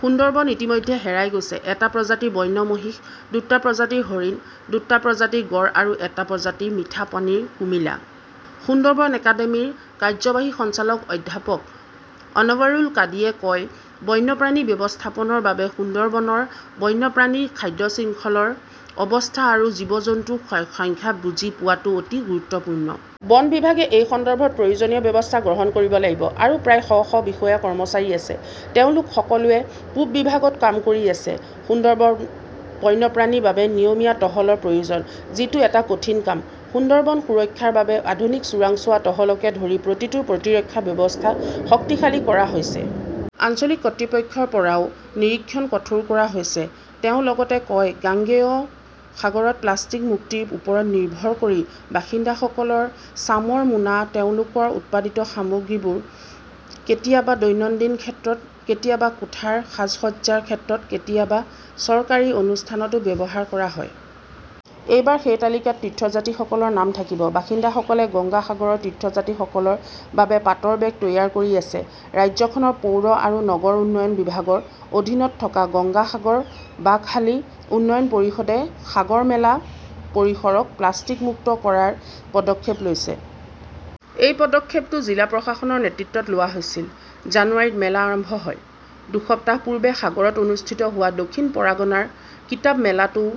সুন্দৰবন ইতিমধ্যে হেৰাই গৈছে, এটা প্ৰজাতিৰ বন্য মহিষ, দুটা প্ৰজাতিৰ হৰিণ, দুটা প্ৰজাতিৰ গঁড় আৰু এটা প্ৰজাতিৰ মিঠা পানীৰ কুমিলা। সুন্দৰবন একাডেমীৰ কাৰ্যবাহী সঞ্চালক অধ্যাপক অনৱৰুল কাদিয়ে কয়, বন্যপ্ৰাণী ব্যৱস্থাপনাৰ বাবে সুন্দৰবনৰ বন্যপ্ৰাণী খাদ্য শৃংখলৰ অৱস্থা আৰু জীৱ-জন্তুৰ সংখ্যা বুজি পোৱাটো অতি গুৰুত্বপূৰ্ণ। বন বিভাগে এই সন্দৰ্ভত প্ৰয়োজনীয় ব্যৱস্থা গ্ৰহণ কৰিব লাগিব। আৰু প্ৰায় শ শ বিষয়া-কৰ্মচাৰী আছে। তেওঁলোক সকলোৱে পূব বিভাগত কাম কৰি আছে। সুন্দৰবনৰ বন্যপ্ৰাণীৰ বাবে নিয়মীয়া টহলৰ প্ৰয়োজন। যিটো এটা কঠিন কাম। সুন্দৰবন সুৰক্ষাৰ বাবে আধুনিক চোৰাংচোৱা টহলকে ধৰি প্ৰতিটো প্ৰতিৰক্ষা ব্যৱস্থা শক্তিশালী কৰা হৈছে। আঞ্চলিক কৰ্তৃপক্ষৰ পৰাও নিৰীক্ষণ কঠোৰ কৰা হৈছে, তেওঁ লগতে কয় গাঙ্গেয় সাগৰত প্লাষ্টিক-মুক্তিৰ ওপৰত নিৰ্ভৰ কৰি বন্দীসকলৰ চামৰ মোনা তেওঁলোকৰ উৎপাদিত সামগ্ৰীবোৰ কেতিয়াবা দৈনন্দিন ক্ষেত্ৰত, কেতিয়াবা কোঠাৰ সাজ-সজ্জাৰ ক্ষেত্ৰত, কেতিয়াবা চৰকাৰী অনুষ্ঠানতো ব্যৱহাৰ কৰা হয়। এইবাৰ সেই তালিকাত তীৰ্থযাত্ৰীসকলৰ নাম থাকিব। বন্দীসকলে গংগা সাগৰৰ তীৰ্থযাত্ৰীসকলৰ বাবে পাটৰ বেগ তৈয়াৰ কৰি আছে। ৰাজ্যখনৰ পৌৰ আৰু নগৰ উন্নয়ন বিভাগৰ অধীনত থকা গংগা সাগৰ বাকহালী উন্নয়ন পৰিষদে সাগৰমেলা পৰিসৰক প্লাষ্টিক-মুক্ত কৰাৰ পদক্ষেপ লৈছে। এই পদক্ষেপটো জিলা প্ৰশাসনৰ নেতৃত্বত লোৱা হৈছিল। জানুৱাৰীত মেলা আৰম্ভ হয়। দুসপ্তাহ পূৰ্বে সাগৰত অনুষ্ঠিত হোৱা দক্ষিণ পৰগনাৰ কিতাপ মেলাটোও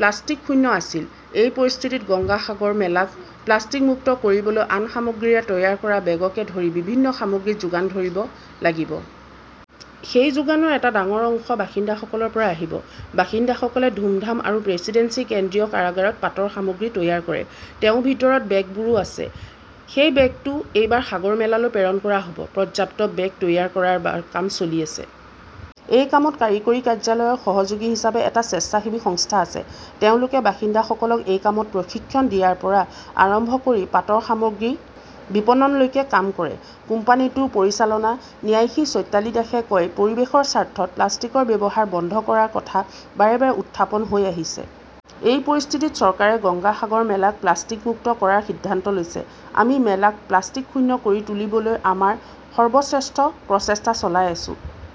প্লাষ্টিক-শূন্য আছিল। এই পৰিস্থিতিত গংগা সাগৰ মেলাক প্লাষ্টিক মুক্ত কৰিবলৈ আন সামগ্ৰীৰে তৈয়াৰ কৰা বেগকে ধৰি বিভিন্ন সামগ্ৰী যোগান ধৰিব লাগিব। সেই যোগানৰ এটা ডাঙৰ অংশ বন্দীসকলৰ পৰা আহিব। বন্দীসকলে ধুমধাম আৰু প্ৰেচিডেন্সি কেন্দ্ৰীয় কাৰাগাৰত পাটৰ সামগ্ৰী তৈয়াৰ কৰে। তেওঁৰ ভিতৰত বেগবোৰো আছে। সেই বেগটো এইবাৰ সাগৰমেলালৈ প্ৰেৰণ কৰা হ'ব। পৰ্যাপ্ত বেগ তৈয়াৰ কৰাৰ কাম চলি আছে। এই কামত কাৰিকৰী কাৰ্যালয়ৰ সহযোগী হিচাপে এটা স্বেচ্ছাসেৱী সংস্থা আছে। তেওঁলোকে বন্দীসকলক এই কামত প্ৰশিক্ষণ দিয়াৰ পৰা আৰম্ভ কৰি পাটৰ সামগ্ৰীৰ বিপণনলৈকে কাম কৰে। কোম্পানীটোৰ পৰিচালনা ন্যাসী চৈতালী দাসে কয় পৰিৱেশৰ স্বাৰ্থত প্লাষ্টিকৰ ব্যৱহাৰ বন্ধ কৰাৰ কথা বাৰে -বাৰে উত্থাপন হৈ আহিছে। এই পৰিস্থিতিত চৰকাৰে গংগা সাগৰ মেলাক প্লাষ্টিক-মুক্ত কৰাৰ সিদ্ধান্ত লৈছে। আমি মেলাক প্লাষ্টিক-শূন্য কৰি তুলিবলৈ আমাৰ সৰ্বশ্ৰেষ্ঠ প্ৰচেষ্টা চলাই আছোঁ।